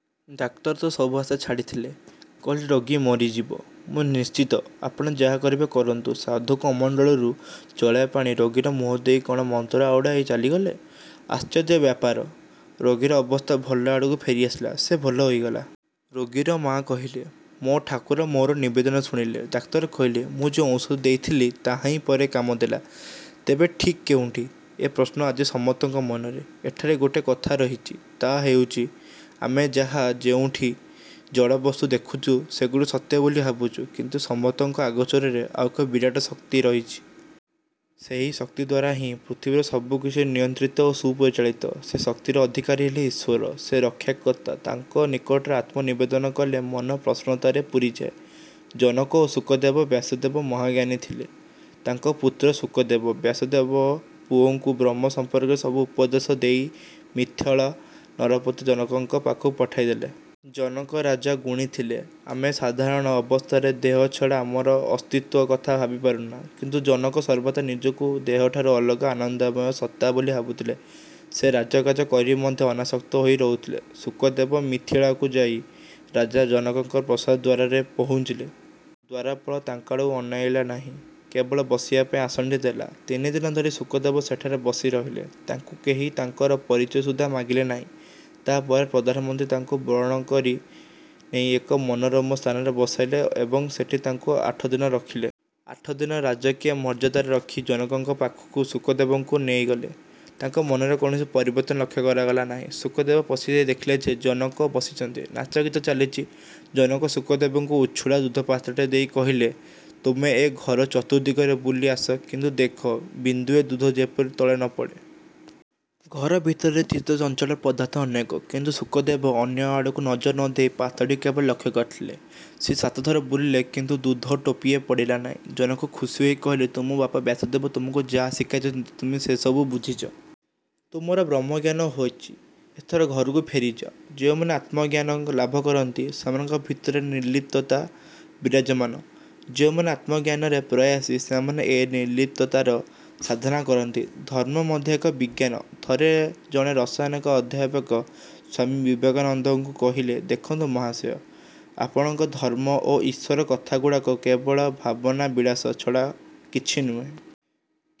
'' Doctor ତ ସବୁ ଆଶା ଛାଡ଼ିଥିଲେ; କହିଲେ—''ରୋଗୀ ମରିଯିବ ମୁଁ ନିଶ୍ଚିତ, ଆପଣ ଯାହା କରିବେ କରନ୍ତୁ। '' ସାଧୁ କମଣ୍ତଳୁରୁ ଚଳାଏ ପାଣି ରୋଗୀର ମୁହଁରେ ଦେଇ କ'ଣ ମନ୍ତ୍ର ଆଉଡ଼ାଇ ଚାଲିଗଲେ। ଆଶ୍ଚର୍ଯ୍ୟ ବ୍ୟାପାର, ରୋଗୀର ଅବସ୍ଥା ଭଲ ଆଡ଼କୁ ଫେରି ଆସିଲା, ସେ ଭଲ ହୋଇଗଲା। ରୋଗୀର ମା' କହିଲେ, ''ମୋ ଠାକୁର ମୋର ନିବେଦନ ଶୁଣିଲେ। '' ଡାକ୍ତର କହିଲେ, ''ମୁଁ ଯେଉଁ ଔଷଧ ଦେଇଥିଲି ତାହାହିଁ ପରେ କାମ ଦେଲା। '' ତେବେ ଠିକ୍ କେଉଁଟି, ଏ ପ୍ରଶ୍ନ ଆଜି ସମସ୍ତଙ୍କ ମନରେ। ଏଠାରେ ଗୋଟିଏ କଥା ରହିଛି। ତା' ହେଉଛି, ଆମେ ଯାହା ଯେଉଁଠି ଜଡ଼ ବସ୍ତୁ ଦେଖୁଚୁ, ସେଗୁଡ଼ିକ ସତ୍ୟ ବୋଲି ଭାବୁଛୁ; କିନ୍ତୁ ସମସ୍ତର ଅଗୋଚରରେ ଆଉ ଏକ ବିରାଟ ଶକ୍ତି ରହିଛି। ସେହି ଶକ୍ତି ଦ୍ୱାରାହିଁ ପୃଥିବୀର ସବୁକିଛି ନିୟନ୍ତ୍ରିତ ଓ ସୁପରିଚାଳିତ। ସେହି ଶକ୍ତିର ଅଧିକାରୀ ହେଲେ ଈଶ୍ୱର। ସେ ରକ୍ଷାକର୍ତ୍ତା; ତାଙ୍କ ନିକଟରେ ଆତ୍ମନିବେଦନ କଲେ ମନ ପ୍ରସନ୍ନତାରେ ପୂରିଯାଏ। ଜନକ ଓ ଶୁକଦେବ ବ୍ୟାସଦେବ ମହାଜ୍ଞାନୀ ଥିଲେ। ତାଙ୍କର ପୁତ୍ର ଶୁକଦେବ। ବ୍ୟାସଦେବ ପୁଅକୁ ବ୍ରହ୍ମ ସମ୍ପର୍କରେ ସବୁ ଉପଦେଶ ଦେଇ ମିଥିଳା ନରପତି ଜନକଙ୍କ ପାଖକୁ ପଠାଇ ଦେଲେ। ଜନକ ରାଜା ଗୁଣୀ ଥିଲେ। ଆମେ ସାଧାରଣ ଅବସ୍ଥାରେ ଦେହ ଛଡ଼ା ଆମର ଅସ୍ତିତ୍ୱର କଥା ଭାବି ପାରୁନା। କିନ୍ତୁ ଜନକ ସର୍ବଦା ନିଜକୁ ଦେହଠାରୁ ଅଲଗା ଆନନ୍ଦମୟ ସତ୍ତା ବୋଲି ଭାବୁଥିଲେ। ସେ ରାଜକାର୍ଯ୍ୟ କରି ମଧ୍ୟ ଅନାସକ୍ତ ହୋଇ ରହୁଥିଲେ। ଶୁକଦେବ ମିଥିଳାକୁ ଯାଇ ରାଜା ଜନକଙ୍କ ପ୍ରାସାଦଦ୍ୱାରରେ ପହୁଞ୍ଚିଲେ। ଦ୍ୱାରପାଳ ତାଙ୍କ ଆଡ଼କୁ ଅନାଇଲା ନାହିଁ, କେବଳ ବସିବା ପାଇଁ ଆସନଟିଏ ଦେଲା। ତିନିଦିନ ଧରି ଶୁକଦେବ ସେଠାରେ ବସି ରହିଲେ। ତାଙ୍କୁ କେହି ତାଙ୍କର ପରିଚୟ ସୁଦ୍ଧା ମାଗିଲା ନାହିଁ। ତା' ପରେ ପ୍ରଧାନମନ୍ତ୍ରୀ ତାଙ୍କୁ ବରଣ କରି ନେଇ ଏକ ମନୋରମ ସ୍ଥାନରେ ବସାଇଲେ ଏବଂ ସେଠାରେ ତାଙ୍କୁ ଆଠଦିନ ରଖିଲେ। ଆଠଦିନ ରାଜକୀୟ ମର୍ଯ୍ୟାଦାରେ ରଖି ଜନକଙ୍କ ପାଖକୁ ଶୁକଦେବଙ୍କୁ ନେଇଗଲେ। ତାଙ୍କ ମନରେ କୌଣସି ପରିବର୍ତ୍ତନ ଲକ୍ଷ୍ୟ କରାଗଲା ନାହିଁ। ଶୁକଦେବ ପଶିଯାଇ ଦେଖିଲେ ଯେ ଜନକ ବସିଛନ୍ତି, ନାଚ-ଗୀତ ଚାଲିଛି। ଜନକ ଶୁକଦେବଙ୍କୁ ଉଛୁଳା ଦୁଧପାତ୍ରଟିଏ ଦେଇ କହିଲେ, ''ତମେ ଏ ଘର ଚତୁର୍ଦ୍ଦିଗରେ ବୁଲି ଆସ, କିନ୍ତୁ ଦେଖ ବିନ୍ଦୁଏ ଦୁଧ ଯେପରି ତଳେ ନ ପଡ଼େ। '' ଘର ଭିତରେ ଚିତ୍ତ-ଚଞ୍ଚଳ ପଦାର୍ଥ ଅନେକ, କିନ୍ତୁ ଶୁକଦେବ ଅନ୍ୟ ଆଡ଼କୁ ନଜର ନ ଦେଇ ପାତ୍ରଟିକୁ କେବଳ ଲକ୍ଷ୍ୟ କରିଥିଲେ। ସେ ସାତଥର ବୁଲିଲେ କିନ୍ତୁ ଦୁଧ ଟୋପିଏ ପଡ଼ିଲା ନାହିଁ। ଜନକ ଖୁସି ହୋଇ କହିଲେ—''ତମ ବାପା ବ୍ୟାସଦେବ ତମକୁ ଯାହା ଶିଖାଇଛନ୍ତି, ତମେ ସେସବୁ ବୁଝିଛ। ତମର ବ୍ରହ୍ମଜ୍ଞାନ ହୋଇଛି। ଏଥର ଘରକୁ ଫେରିଯାଅ-। '' ଯେଉଁମାନେ ଆତ୍ମଜ୍ଞାନ ଲାଭ କରିଥାନ୍ତି, ସେମାନଙ୍କ ଭିତରେ ନିର୍ଲିପ୍ତତା ବିରାଜମାନ। ଯେଉଁମାନ ଆତ୍ମଜ୍ଞାନରେ ପ୍ରୟାସୀ ସେମାନେ ଏହି ନିର୍ଲିପ୍ତତାର ସାଧନା କରନ୍ତି। ଧର୍ମ ମଧ୍ୟ ଏକ ବିଜ୍ଞାନ ଥରେ ଜଣେ ରସାୟନ-ଅଧ୍ୟାପକ ସ୍ୱାମୀ ବିବେକାନନ୍ଦଙ୍କୁ କହିଲେ—''ଦେଖନ୍ତୁ ମହାଶୟ, ଆପଣଙ୍କର ଧର୍ମ ଓ ଈଶ୍ୱର କଥାଗୁଡ଼ାକ କେବଳ ଭାବନାବିଳାସ ଛଡ଼ା କିଛି ନୁହେଁ।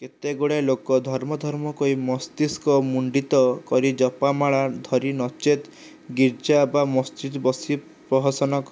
କେତେଗୁଡ଼ାଏ ଲୋକ ଧର୍ମ ଧର୍ମ କହି ମସ୍ତକ ମୁଣ୍ଡିତ କରି ଜପମାଳା ଧରି, ନଚେତ୍ ଗିର୍ଜା ବା ମସଜିଦରେ ବସି ପ୍ରହସନ